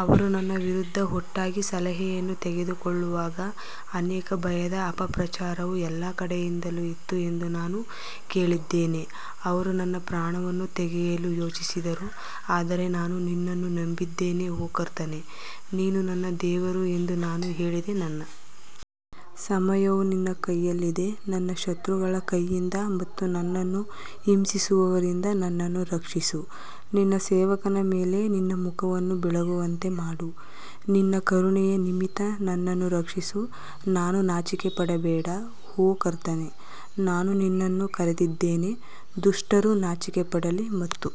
ಅವರು ನನ್ನ ವಿರುದ್ಧ ಒಟ್ಟಾಗಿ ಸಲಹೆಯನ್ನು ತೆಗೆದುಕೊಳ್ಳುವಾಗ ಅನೇಕ ಭಯದ ಅಪಪ್ರಚಾರವು ಎಲ್ಲಾ ಕಡೆಯಿಂದಲೂ ಇತ್ತು ಎಂದು ನಾನು ಕೇಳಿದ್ದೇನೆ, ಅವರು ನನ್ನ ಪ್ರಾಣವನ್ನು ತೆಗೆಯಲು ಯೋಚಿಸಿದರು ಆದರೆ ನಾನು ನಿನ್ನನ್ನು ನಂಬಿದ್ದೇನೆ ಓ ಕರ್ತನೇ, ನೀನು ನನ್ನ ದೇವರು ಎಂದು ನಾನು ಹೇಳಿದೆ ನನ್ನ ಸಮಯವು ನಿನ್ನ ಕೈಯಲ್ಲಿದೆ, ನನ್ನ ಶತ್ರುಗಳ ಕೈಯಿಂದ ಮತ್ತು ನನ್ನನ್ನು ಹಿಂಸಿಸುವವರಿಂದ ನನ್ನನ್ನು ರಕ್ಷಿಸು ನಿನ್ನ ಸೇವಕನ ಮೇಲೆ ನಿನ್ನ ಮುಖವನ್ನು ಬೆಳಗುವಂತೆ ಮಾಡು ನಿನ್ನ ಕರುಣೆಯ ನಿಮಿತ್ತ ನನ್ನನ್ನು ರಕ್ಷಿಸು ನಾನು ನಾಚಿಕೆಪಡಬೇಡ ಓ ಕರ್ತನೇ ನಾನು ನಿನ್ನನ್ನು ಕರೆದಿದ್ದೇನೆ ದುಷ್ಟರು ನಾಚಿಕೆಪಡಲಿ ಮತ್ತು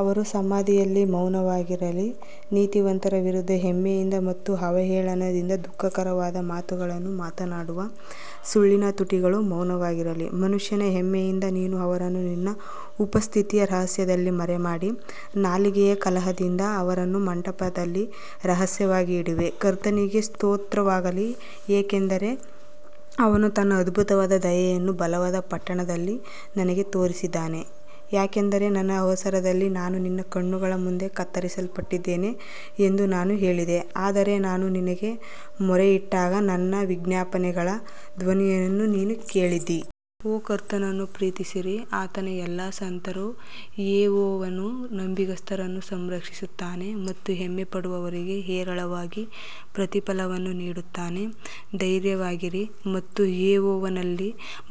ಅವರು ಸಮಾಧಿಯಲ್ಲಿ ಮೌನವಾಗಿರಲಿ ನೀತಿವಂತರ ವಿರುದ್ಧ ಹೆಮ್ಮೆಯಿಂದ ಮತ್ತು ಅವಹೇಳನದಿಂದ ದುಃಖಕರವಾದ ಮಾತುಗಳನ್ನು ಮಾತನಾಡುವ ಸುಳ್ಳಿನ ತುಟಿಗಳು ಮೌನವಾಗಿರಲಿ ಮನುಷ್ಯನ ಹೆಮ್ಮೆಯಿಂದ ನೀನು ಅವರನ್ನು ನಿನ್ನ ಉಪಸ್ಥಿತಿಯ ರಹಸ್ಯದಲ್ಲಿ ಮರೆಮಾಡಿ, ನಾಲಿಗೆಯ ಕಲಹದಿಂದ ಅವರನ್ನು ಮಂಟಪದಲ್ಲಿ ರಹಸ್ಯವಾಗಿ ಇಡುವೆ ಕರ್ತನಿಗೆ ಸ್ತೋತ್ರವಾಗಲಿ, ಏಕೆಂದರೆ ಅವನು ತನ್ನ ಅದ್ಭುತವಾದ ದಯೆಯನ್ನು ಬಲವಾದ ಪಟ್ಟಣದಲ್ಲಿ ನನಗೆ ತೋರಿಸಿದ್ದಾನೆ ಯಾಕಂದರೆ ನನ್ನ ಅವಸರದಲ್ಲಿ ನಾನು ನಿನ್ನ ಕಣ್ಣುಗಳ ಮುಂದೆ ಕತ್ತರಿಸಲ್ಪಟ್ಟಿದ್ದೇನೆ ಎಂದು ನಾನು ಹೇಳಿದೆ, ಆದರೆ ನಾನು ನಿನಗೆ ಮೊರೆಯಿಟ್ಟಾಗ ನನ್ನ ವಿಜ್ಞಾಪನೆಗಳ ಧ್ವನಿಯನ್ನು ನೀನು ಕೇಳಿದ್ದೀ. ಓ ಕರ್ತನನ್ನು ಪ್ರೀತಿಸಿರಿ, ಆತನ ಎಲ್ಲಾ ಸಂತರು, ಯೆಹೋವನು ನಂಬಿಗಸ್ತರನ್ನು ಸಂರಕ್ಷಿಸುತ್ತಾನೆ ಮತ್ತು ಹೆಮ್ಮೆಪಡುವವರಿಗೆ ಹೇರಳವಾಗಿ ಪ್ರತಿಫಲವನ್ನು ನೀಡುತ್ತಾನೆ ಧೈರ್ಯವಾಗಿರಿ ಮತ್ತು ಯೆಹೋವನಲ್ಲಿ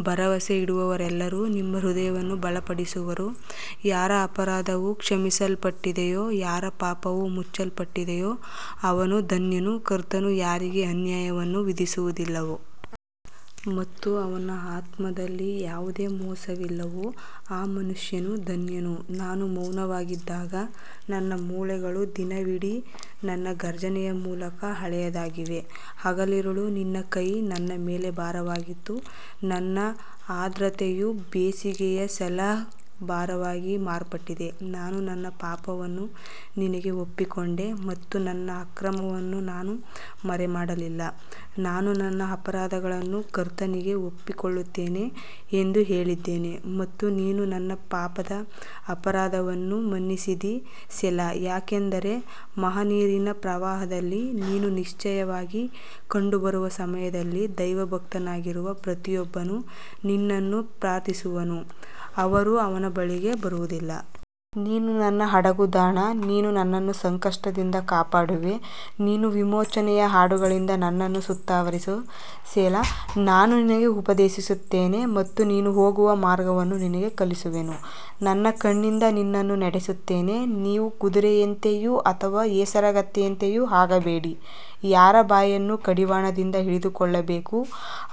ಭರವಸೆಯಿಡುವವರೆಲ್ಲರೂ ನಿಮ್ಮ ಹೃದಯವನ್ನು ಬಲಪಡಿಸುವರು ಯಾರ ಅಪರಾಧವು ಕ್ಷಮಿಸಲ್ಪಟ್ಟಿದೆಯೋ ಯಾರ ಪಾಪವು ಮುಚ್ಚಲ್ಪಟ್ಟಿದೆಯೋ ಅವನು ಧನ್ಯನು ಕರ್ತನು ಯಾರಿಗೆ ಅನ್ಯಾಯವನ್ನು ವಿಧಿಸುವುದಿಲ್ಲವೋ ಮತ್ತು ಅವನ ಆತ್ಮದಲ್ಲಿ ಯಾವುದೇ ಮೋಸವಿಲ್ಲವೋ ಆ ಮನುಷ್ಯನು ಧನ್ಯನು ನಾನು ಮೌನವಾಗಿದ್ದಾಗ ನನ್ನ ಮೂಳೆಗಳು ದಿನವಿಡೀ ನನ್ನ ಘರ್ಜನೆಯ ಮೂಲಕ ಹಳೆಯದಾಗಿವೆ ಹಗಲಿರುಳು ನಿನ್ನ ಕೈ ನನ್ನ ಮೇಲೆ ಭಾರವಾಗಿತ್ತು ನನ್ನ ಆರ್ದ್ರತೆಯು ಬೇಸಿಗೆಯ ಸೆಲಾಹ್ ಬರವಾಗಿ ಮಾರ್ಪಟ್ಟಿದೆ ನಾನು ನನ್ನ ಪಾಪವನ್ನು ನಿನಗೆ ಒಪ್ಪಿಕೊಂಡೆ ಮತ್ತು ನನ್ನ ಅಕ್ರಮವನ್ನು ನಾನು ಮರೆಮಾಡಲಿಲ್ಲ, ನಾನು ನನ್ನ ಅಪರಾಧಗಳನ್ನು ಕರ್ತನಿಗೆ ಒಪ್ಪಿಕೊಳ್ಳುತ್ತೇನೆ ಎಂದು ಹೇಳಿದ್ದೇನೆ ಮತ್ತು ನೀನು ನನ್ನ ಪಾಪದ ಅಪರಾಧವನ್ನು ಮನ್ನಿಸಿದಿ ಸೆಲಾ ಯಾಕಂದರೆ ಮಹಾನೀರಿನ ಪ್ರವಾಹದಲ್ಲಿ ನೀನು ನಿಶ್ಚಯವಾಗಿ ಕಂಡುಬರುವ ಸಮಯದಲ್ಲಿ ದೈವಭಕ್ತನಾಗಿರುವ ಪ್ರತಿಯೊಬ್ಬನು ನಿನ್ನನ್ನು ಪ್ರಾರ್ಥಿಸುವನು, ಅವರು ಅವನ ಬಳಿಗೆ ಬರುವುದಿಲ್ಲ. ನೀನು ನನ್ನ ಅಡಗುದಾಣ ನೀನು ನನ್ನನ್ನು ಸಂಕಟದಿಂದ ಕಾಪಾಡುವೆ ನೀನು ವಿಮೋಚನೆಯ ಹಾಡುಗಳಿಂದ ನನ್ನನ್ನು ಸುತ್ತುವರಿಸು ಸೆಲಾ ನಾನು ನಿನಗೆ ಉಪದೇಶಿಸುತ್ತೇನೆ ಮತ್ತು ನೀನು ಹೋಗುವ ಮಾರ್ಗವನ್ನು ನಿನಗೆ ಕಲಿಸುವೆನು, ನನ್ನ ಕಣ್ಣಿನಿಂದ ನಿನ್ನನ್ನು ನಡೆಸುತ್ತೇನೆ ನೀವು ಕುದುರೆಯಂತೆಯೂ ಅಥವಾ ಹೇಸರಗತ್ತೆಯಂತೆಯೂ ಆಗಬೇಡಿ, ಯಾರ ಬಾಯಿಯನ್ನು ಕಡಿವಾಣದಿಂದ ಹಿಡಿದುಕೊಳ್ಳಬೇಕು,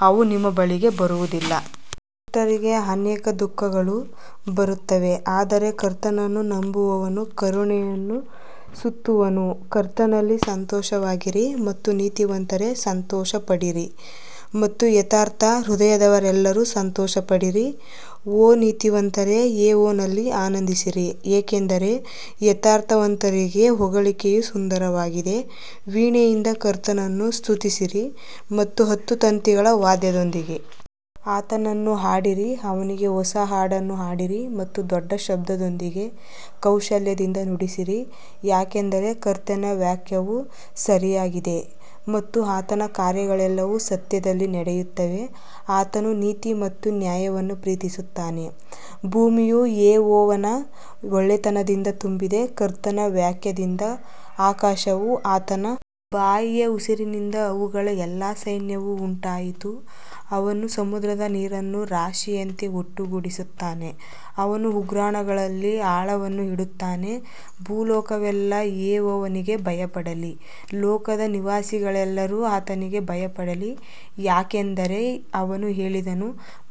ಅವು ನಿಮ್ಮ ಬಳಿಗೆ ಬರುವುದಿಲ್ಲ. ದುಷ್ಟರಿಗೆ ಅನೇಕ ದುಃಖಗಳು ಬರುತ್ತವೆ ಆದರೆ ಕರ್ತನನ್ನು ನಂಬುವವನು ಕರುಣೆಯನ್ನು ಸುತ್ತುವನು ಕರ್ತನಲ್ಲಿ ಸಂತೋಷವಾಗಿರಿ ಮತ್ತು ನೀತಿವಂತರೇ ಸಂತೋಷಪಡಿರಿ ಮತ್ತು ಯಥಾರ್ಥ ಹೃದಯದವರೆಲ್ಲರೂ ಸಂತೋಷಪಡಿರಿ. ಓ ನೀತಿವಂತರೇ, ಯೆಹೋವನಲ್ಲಿ ಆನಂದಿಸಿರಿ, ಏಕೆಂದರೆ ಯಥಾರ್ಥವಂತರಿಗೆ ಹೊಗಳಿಕೆಯು ಸುಂದರವಾಗಿದೆ ವೀಣೆಯಿಂದ ಕರ್ತನನ್ನು ಸ್ತುತಿಸಿರಿ ಮತ್ತು ಹತ್ತು ತಂತಿಗಳ ವಾದ್ಯದೊಂದಿಗೆ ಆತನನ್ನು ಹಾಡಿರಿ ಅವನಿಗೆ ಹೊಸ ಹಾಡನ್ನು ಹಾಡಿರಿ ಮತ್ತು ದೊಡ್ಡ ಶಬ್ದದೊಂದಿಗೆ ಕೌಶಲ್ಯದಿಂದ ನುಡಿಸಿರಿ ಯಾಕಂದರೆ ಕರ್ತನ ವಾಕ್ಯವು ಸರಿಯಾಗಿದೆ ಮತ್ತು ಆತನ ಕಾರ್ಯಗಳೆಲ್ಲವೂ ಸತ್ಯದಲ್ಲಿ ನಡೆಯುತ್ತವೆ ಆತನು ನೀತಿ ಮತ್ತು ನ್ಯಾಯವನ್ನು ಪ್ರೀತಿಸುತ್ತಾನೆ, ಭೂಮಿಯು ಯೆಹೋವನ ಒಳ್ಳೆಯತನದಿಂದ ತುಂಬಿದೆ ಕರ್ತನ ವಾಕ್ಯದಿಂದ ಆಕಾಶವೂ ಆತನ ಬಾಯಿಯ ಉಸಿರಿನಿಂದ ಅವುಗಳ ಎಲ್ಲಾ ಸೈನ್ಯವೂ ಉಂಟಾಯಿತು ಅವನು ಸಮುದ್ರದ ನೀರನ್ನು ರಾಶಿಯಂತೆ ಒಟ್ಟುಗೂಡಿಸುತ್ತಾನೆ, ಅವನು ಉಗ್ರಾಣಗಳಲ್ಲಿ ಆಳವನ್ನು ಇಡುತ್ತಾನೆ ಭೂಲೋಕವೆಲ್ಲಾ ಯೆಹೋವನಿಗೆ ಭಯಪಡಲಿ, ಲೋಕದ ನಿವಾಸಿಗಳೆಲ್ಲರೂ ಆತನಿಗೆ ಭಯಪಡಲಿ ಯಾಕಂದರೆ ಅವನು ಹೇಳಿದನು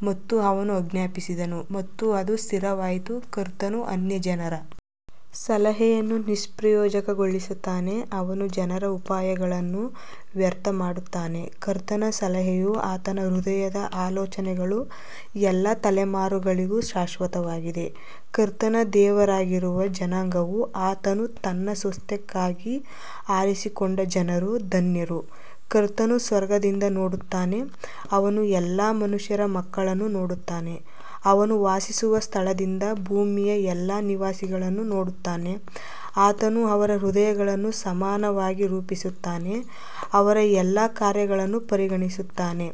ಮತ್ತು ಅವನು ಆಜ್ಞಾಪಿಸಿದನು ಮತ್ತು ಅದು ಸ್ಥಿರವಾಯಿತು ಕರ್ತನು ಅನ್ಯಜನರ ಸಲಹೆಯನ್ನು ನಿಷ್ಪ್ರಯೋಜಕಗೊಳಿಸುತ್ತಾನೆ, ಅವನು ಜನರ ಉಪಾಯಗಳನ್ನು ವ್ಯರ್ಥ ಮಾಡುತ್ತಾನೆ ಕರ್ತನ ಸಲಹೆಯು ಆತನ ಹೃದಯದ ಆಲೋಚನೆಗಳು ಎಲ್ಲಾ ತಲೆಮಾರುಗಳಿಗೂ ಶಾಶ್ವತವಾಗಿದೆ ಕರ್ತನ ದೇವರಾಗಿರುವ ಜನಾಂಗವೂ ಆತನು ತನ್ನ ಸ್ವಾಸ್ತ್ಯಕ್ಕಾಗಿ ಆರಿಸಿಕೊಂಡ ಜನರೂ ಧನ್ಯರು ಕರ್ತನು ಸ್ವರ್ಗದಿಂದ ನೋಡುತ್ತಾನೆ ಅವನು ಎಲ್ಲಾ ಮನುಷ್ಯರ ಮಕ್ಕಳನ್ನು ನೋಡುತ್ತಾನೆ ಅವನು ವಾಸಿಸುವ ಸ್ಥಳದಿಂದ ಭೂಮಿಯ ಎಲ್ಲಾ ನಿವಾಸಿಗಳನ್ನು ನೋಡುತ್ತಾನೆ ಆತನು ಅವರ ಹೃದಯಗಳನ್ನು ಸಮಾನವಾಗಿ ರೂಪಿಸುತ್ತಾನೆ, ಅವರ ಎಲ್ಲಾ ಕಾರ್ಯಗಳನ್ನು ಪರಿಗಣಿಸುತ್ತಾನೆ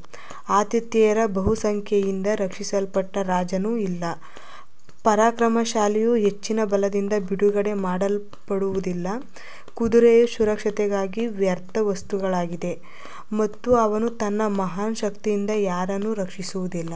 ಆತಿಥೇಯರ ಬಹುಸಂಖ್ಯೆಯಿಂದ ರಕ್ಷಿಸಲ್ಪಟ್ಟ ರಾಜನು ಇಲ್ಲ, ಪರಾಕ್ರಮಶಾಲಿಯು ಹೆಚ್ಚಿನ ಬಲದಿಂದ ಬಿಡುಗಡೆ ಮಾಡಲ್ಪಡುವುದಿಲ್ಲ ಕುದುರೆಯು ಸುರಕ್ಷತೆಗಾಗಿ ವ್ಯರ್ಥ ವಸ್ತುವಾಗಿದೆ ಮತ್ತು ಅವನು ತನ್ನ ಮಹಾನ್ ಶಕ್ತಿಯಿಂದ ಯಾರನ್ನೂ ರಕ್ಷಿಸುವುದಿಲ್ಲ.